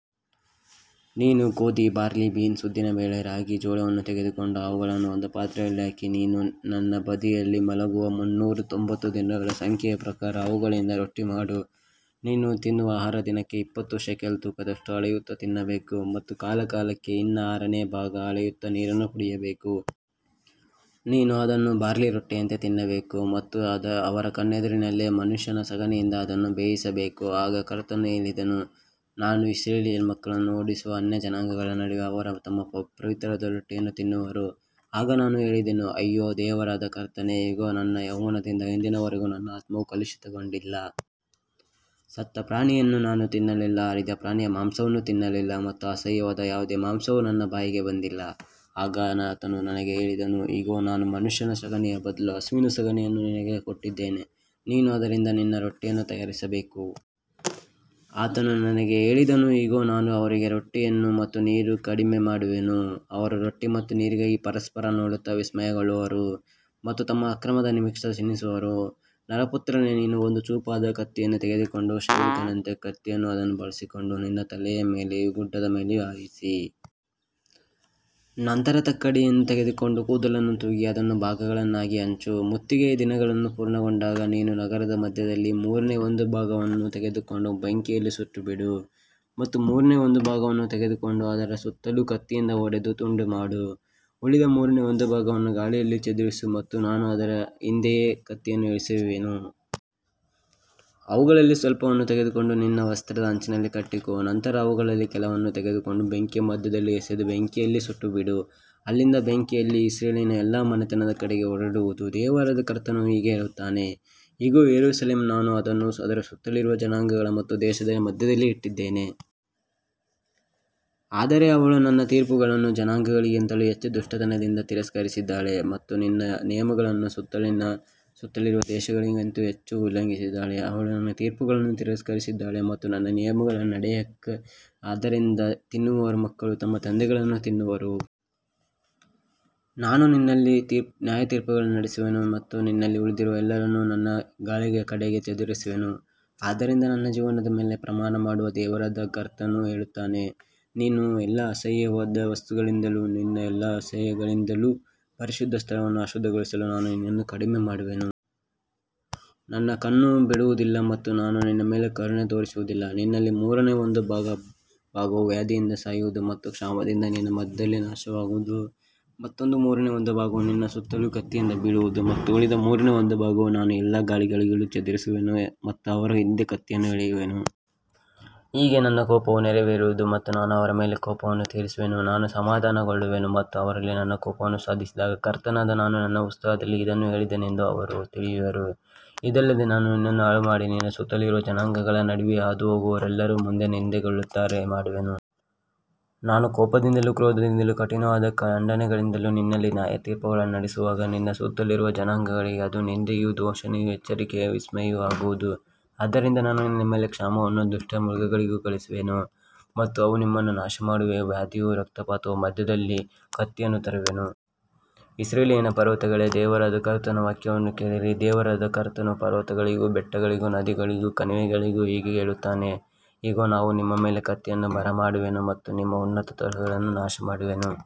ನೀನು ಗೋಧಿ, barley, beans, ಉದ್ದಿನಬೇಳೆ, ರಾಗಿ ಮತ್ತು ಜೋಳವನ್ನು ತೆಗೆದುಕೊಂಡು ಅವುಗಳನ್ನು ಒಂದು ಪಾತ್ರೆಯಲ್ಲಿ ಹಾಕಿ, ನೀನು ನಿನ್ನ ಬದಿಯಲ್ಲಿ ಮಲಗುವ ಮುನ್ನೂರ ತೊಂಬತ್ತು ದಿನಗಳ ಸಂಖ್ಯೆಯ ಪ್ರಕಾರ ಅವುಗಳಿಂದ ರೊಟ್ಟಿಯನ್ನು ಮಾಡು. ನೀನು ತಿನ್ನುವ ಆಹಾರವನ್ನು ದಿನಕ್ಕೆ ಇಪ್ಪತ್ತು ಶೇಕೆಲ್ ತೂಕದಷ್ಟು ಅಳೆಯುತ್ತಾ ತಿನ್ನಬೇಕು ಮತ್ತು ಕಾಲಕಾಲಕ್ಕೆ ಹಿನ್ನ ಆರನೇ ಭಾಗವನ್ನು ಅಳೆಯುತ್ತಾ ನೀರನ್ನು ಕುಡಿಯಬೇಕು. ನೀನು ಅದನ್ನು ಬಾರ್ಲಿ ರೊಟ್ಟಿಯಂತೆ ತಿನ್ನಬೇಕು ಮತ್ತು ಅವರ ಕಣ್ಣೆದುರಿನಲ್ಲಿ ಮನುಷ್ಯನ ಸಗಣಿಯಿಂದ ಅದನ್ನು ಬೇಯಿಸಬೇಕು. ಆಗ ಕರ್ತನು ಹೇಳಿದನು, ನಾನು ಇಸ್ರಾಯೇಲ್ ಮಕ್ಕಳನ್ನು ಓಡಿಸುವ ಅನ್ಯಜನಾಂಗಗಳ ನಡುವೆ ಅವರು ತಮ್ಮ ಅಪವಿತ್ರವಾದ ರೊಟ್ಟಿಯನ್ನು ತಿನ್ನುವರು. ಆಗ ನಾನು ಹೇಳಿದೆನು, ಅಯ್ಯೋ ದೇವರಾದ ಕರ್ತನೇ, ಇಗೋ, ನನ್ನ ಯೌವನದಿಂದ ಇಂದಿನವರೆಗೂ ನನ್ನ ಆತ್ಮವು ಕಲುಷಿತಗೊಂಡಿಲ್ಲ. ಸತ್ತ ಪ್ರಾಣಿಯನ್ನು ನಾನು ತಿನ್ನಲಿಲ್ಲ, ಹರಿದ ಪ್ರಾಣಿಯ ಮಾಂಸವನ್ನೂ ತಿನ್ನಲಿಲ್ಲ ಮತ್ತು ಅಸಹ್ಯವಾದ ಯಾವುದೇ ಮಾಂಸವು ನನ್ನ ಬಾಯಿಗೆ ಬಂದಿಲ್ಲ. ಆಗ ಆತನು ನನಗೆ ಹೇಳಿದನು, ಇಗೋ, ನಾನು ಮನುಷ್ಯನ ಸಗಣಿಯ ಬದಲು ಹಸುವಿನ ಸಗಣಿಯನ್ನು ನಿನಗೆ ಕೊಟ್ಟಿದ್ದೇನೆ, ನೀನು ಅದರಿಂದ ನಿನ್ನ ರೊಟ್ಟಿಯನ್ನು ತಯಾರಿಸಬೇಕು. ಆತನು ನನಗೆ ಹೇಳಿದನು, ಇಗೋ, ನಾನು ಅವರಿಗೆ ರೊಟ್ಟಿ ಮತ್ತು ನೀರನ್ನು ಕಡಿಮೆ ಮಾಡುವೆನು, ಅವರು ರೊಟ್ಟಿ ಮತ್ತು ನೀರಿಗಾಗಿ ಪರಸ್ಪರ ನೋಡುತ್ತಾ ವಿಸ್ಮಯಗೊಳ್ಳುವರು ಮತ್ತು ತಮ್ಮ ಅಕ್ರಮದ ನಿಮಿತ್ತ ಕ್ಷೀಣಿಸುವರು. ನರಪುತ್ರನೇ, ನೀನು ಒಂದು ಚೂಪಾದ ಕತ್ತಿಯನ್ನು ತೆಗೆದುಕೊಂಡು ಕ್ಷೌರಿಕನ ಕತ್ತಿಯಂತೆ ಅದನ್ನು ಬಳಸಿಕೊಂಡು ನಿನ್ನ ತಲೆಯ ಮೇಲೆಯೂ ಗಡ್ಡದ ಮೇಲೆಯೂ ಹಾಯಿಸು. ನಂತರ ತಕ್ಕಡಿಯನ್ನು ತೆಗೆದುಕೊಂಡು ಕೂದಲನ್ನು ತೂಗಿ ಅದನ್ನು ಭಾಗಗಳಾಗಿ ಹಂಚು. ಮುತ್ತಿಗೆಯ ದಿನಗಳು ಪೂರ್ಣಗೊಂಡಾಗ ನೀನು ನಗರದ ಮಧ್ಯದಲ್ಲಿ ಮೂರನೇ ಒಂದು ಭಾಗವನ್ನು ತೆಗೆದುಕೊಂಡು ಬೆಂಕಿಯಲ್ಲಿ ಸುಟ್ಟುಬಿಡು. ಮತ್ತೊಂದು ಮೂರನೇ ಒಂದು ಭಾಗವನ್ನು ತೆಗೆದುಕೊಂಡು ಅದರ ಸುತ್ತಲೂ ಕತ್ತಿಯಿಂದ ಹೊಡೆದು ತುಂಡುಮಾಡು. ಉಳಿದ ಮೂರನೇ ಒಂದು ಭಾಗವನ್ನು ಗಾಳಿಯಲ್ಲಿ ಚದುರಿಸು ಮತ್ತು ನಾನು ಅದರ ಹಿಂದೆ ಕತ್ತಿಯನ್ನು ಎಳೆಯುವೆನು. ಅವುಗಳಲ್ಲಿ ಸ್ವಲ್ಪವನ್ನು ತೆಗೆದುಕೊಂಡು ನಿನ್ನ ವಸ್ತ್ರದ ಅಂಚಿನಲ್ಲಿ ಕಟ್ಟಿಕೋ. ನಂತರ ಅವುಗಳಲ್ಲಿ ಕೆಲವನ್ನು ತೆಗೆದುಕೊಂಡು ಬೆಂಕಿಯ ಮಧ್ಯದಲ್ಲಿ ಎಸೆದು ಬೆಂಕಿಯಲ್ಲಿ ಸುಟ್ಟುಬಿಡು. ಅಲ್ಲಿಂದ ಬೆಂಕಿಯು ಇಸ್ರಾಯೇಲಿನ ಎಲ್ಲಾ ಮನೆತನದ ಕಡೆಗೆ ಹೊರಡುವುದು. ದೇವರಾದ ಕರ್ತನು ಹೀಗೆ ಹೇಳುತ್ತಾನೆ, ಇದು ಯೆರೂಸಲೇಮ್. ನಾನು ಅದನ್ನು ಅದರ ಸುತ್ತಲಿರುವ ಜನಾಂಗಗಳ ಮತ್ತು ದೇಶಗಳ ಮಧ್ಯದಲ್ಲಿ ಇಟ್ಟಿದ್ದೇನೆ. ಆದರೆ ಅವಳು ನನ್ನ ತೀರ್ಪುಗಳನ್ನು ಜನಾಂಗಗಳಿಗಿಂತಲೂ ಹೆಚ್ಚು ದುಷ್ಟತನದಿಂದ ತಿರಸ್ಕರಿಸಿದ್ದಾಳೆ ಮತ್ತು ನನ್ನ ನಿಯಮಗಳನ್ನು ತನ್ನ ಸುತ್ತಲಿರುವ ದೇಶಗಳಿಗಿಂತಲೂ ಹೆಚ್ಚು ಉಲ್ಲಂಘಿಸಿದ್ದಾಳೆ. ಅವರು ನನ್ನ ತೀರ್ಪುಗಳನ್ನು ತಿರಸ್ಕರಿಸಿದ್ದಾರೆ ಮತ್ತು ನನ್ನ ನಿಯಮಗಳಲ್ಲಿ ನಡೆಯಲಿಲ್ಲ. ಆದ್ದರಿಂದ ತಂದೆಗಳು ನಿನ್ನ ಮಧ್ಯದಲ್ಲಿ ಮಕ್ಕಳನ್ನು ತಿನ್ನುವರು ಮತ್ತು ಮಕ್ಕಳು ತಮ್ಮ ತಂದೆಗಳನ್ನು ತಿನ್ನುವರು. ನಾನು ನಿನ್ನಲ್ಲಿ ನ್ಯಾಯತೀರ್ಪುಗಳನ್ನು ನಡೆಸುವೆನು ಮತ್ತು ನಿನ್ನಲ್ಲಿ ಉಳಿದಿರುವ ಎಲ್ಲರನ್ನೂ ಎಲ್ಲಾ ಗಾಳಿಗಳ ಕಡೆಗೆ ಚದುರಿಸುವೆನು. ಆದ್ದರಿಂದ ನನ್ನ ಜೀವದ ಮೇಲೆ ಪ್ರಮಾಣಮಾಡುವ ದೇವರಾದ ಕರ್ತನು ಹೇಳುತ್ತಾನೆ, ನೀನು ನಿನ್ನ ಎಲ್ಲಾ ಅಸಹ್ಯವಾದ ವಸ್ತುಗಳಿಂದಲೂ ನಿನ್ನ ಎಲ್ಲಾ ಅಸಹ್ಯಗಳಿಂದಲೂ ನನ್ನ ಪರಿಶುದ್ಧ ಸ್ಥಳವನ್ನು ಅಶುದ್ಧಗೊಳಿಸಿದ್ದರಿಂದ, ನಾನೂ ನಿನ್ನನ್ನು ಕಡಿಮೆಮಾಡುವೆನು. ನನ್ನ ಕಣ್ಣು ನಿನ್ನನ್ನು ಬಿಡುವುದಿಲ್ಲ ಮತ್ತು ನಾನು ನಿನ್ನ ಮೇಲೆ ಕರುಣೆ ತೋರಿಸುವುದಿಲ್ಲ. ನಿನ್ನಲ್ಲಿ ಮೂರನೇ ಒಂದು ಭಾಗವು ವ್ಯಾಧಿಯಿಂದ ಸಾಯುವುದು ಮತ್ತು ಕ್ಷಾಮದಿಂದ ನಿನ್ನ ಮಧ್ಯದಲ್ಲಿ ನಾಶವಾಗುವುದು. ಮತ್ತೊಂದು ಮೂರನೇ ಒಂದು ಭಾಗವು ನಿನ್ನ ಸುತ್ತಲೂ ಕತ್ತಿಯಿಂದ ಬೀಳುವುದು ಮತ್ತು ಉಳಿದ ಮೂರನೇ ಒಂದು ಭಾಗವನ್ನು ನಾನು ಎಲ್ಲಾ ಗಾಳಿಗಳ ಕಡೆಗೆ ಚದುರಿಸುವೆನು ಮತ್ತು ಅವರ ಹಿಂದೆ ಕತ್ತಿಯನ್ನು ಎಳೆಯುವೆನು. ಹೀಗೆ ನನ್ನ ಕೋಪವು ನೆರವೇರುವುದು ಮತ್ತು ನಾನು ಅವರ ಮೇಲೆ ನನ್ನ ಕೋಪವನ್ನು ತೀರಿಸುವೆನು. ನಾನು ಸಮಾಧಾನಗೊಳ್ಳುವೆನು ಮತ್ತು ಅವರಲ್ಲಿ ನನ್ನ ಕೋಪವನ್ನು ಸಾಧಿಸಿದಾಗ, ಕರ್ತನಾದ ನಾನು ನನ್ನ ಉತ್ಸಾಹದಲ್ಲಿ ಇದನ್ನು ಹೇಳಿದ್ದೇನೆಂದು ಅವರು ತಿಳಿಯುವರು. ಇದಲ್ಲದೆ ನಾನು ನಿನ್ನನ್ನು ಹಾಳುಮಾಡಿ, ನಿನ್ನ ಸುತ್ತಲಿರುವ ಜನಾಂಗಗಳ ನಡುವೆ ಹಾದುಹೋಗುವವರೆಲ್ಲರ ಮುಂದೆ ನಿಂದೆಗೊಳಗಾಗುವಂತೆ ಮಾಡುವೆನು. ನಾನು ಕೋಪದಿಂದಲೂ ಕ್ರೋಧದಿಂದಲೂ ಕಠಿಣವಾದ ಖಂಡನೆಗಳಿಂದಲೂ ನಿನ್ನಲ್ಲಿ ನ್ಯಾಯತೀರ್ಪುಗಳನ್ನು ನಡೆಸುವಾಗ, ನಿನ್ನ ಸುತ್ತಲಿರುವ ಜನಾಂಗಗಳಿಗೆ ಅದು ನಿಂದೆಯೂ ದೂಷಣೆಯೂ ಎಚ್ಚರಿಕೆಯೂ ವಿಸ್ಮಯವೂ ಆಗುವುದು. ಆದ್ದರಿಂದ ನಾನು ನಿನ್ನ ಮೇಲೆ ಕ್ಷಾಮವನ್ನೂ ದುಷ್ಟ ಮೃಗಗಳನ್ನೂ ಕಳುಹಿಸುವೆನು ಮತ್ತು ಅವು ನಿನ್ನನ್ನು ನಾಶಮಾಡುವವು. ವ್ಯಾಧಿಯೂ ರಕ್ತಪಾತವೂ ನಿನ್ನ ಮಧ್ಯದಲ್ಲಿ ಹರಡುವವು ಮತ್ತು ನಾನು ನಿನ್ನ ಮೇಲೆ ಕತ್ತಿಯನ್ನು ತರುವೆನು. ಇಸ್ರಾಯೇಲಿನ ಪರ್ವತಗಳೇ, ದೇವರಾದ ಕರ್ತನ ವಾಕ್ಯವನ್ನು ಕೇಳಿರಿ. ದೇವರಾದ ಕರ್ತನು ಪರ್ವತಗಳಿಗೂ ಬೆಟ್ಟಗಳಿಗೂ ನದಿಗಳಿಗೂ ಕಣಿವೆಗಳಿಗೂ ಹೀಗೆ ಹೇಳುತ್ತಾನೆ, ಇಗೋ, ನಾನು ನಿಮ್ಮ ಮೇಲೆ ಕತ್ತಿಯನ್ನು ಬರಮಾಡುವೆನು ಮತ್ತು ನಿಮ್ಮ ಉನ್ನತ ಸ್ಥಳಗಳನ್ನು ನಾಶಮಾಡುವೆನು.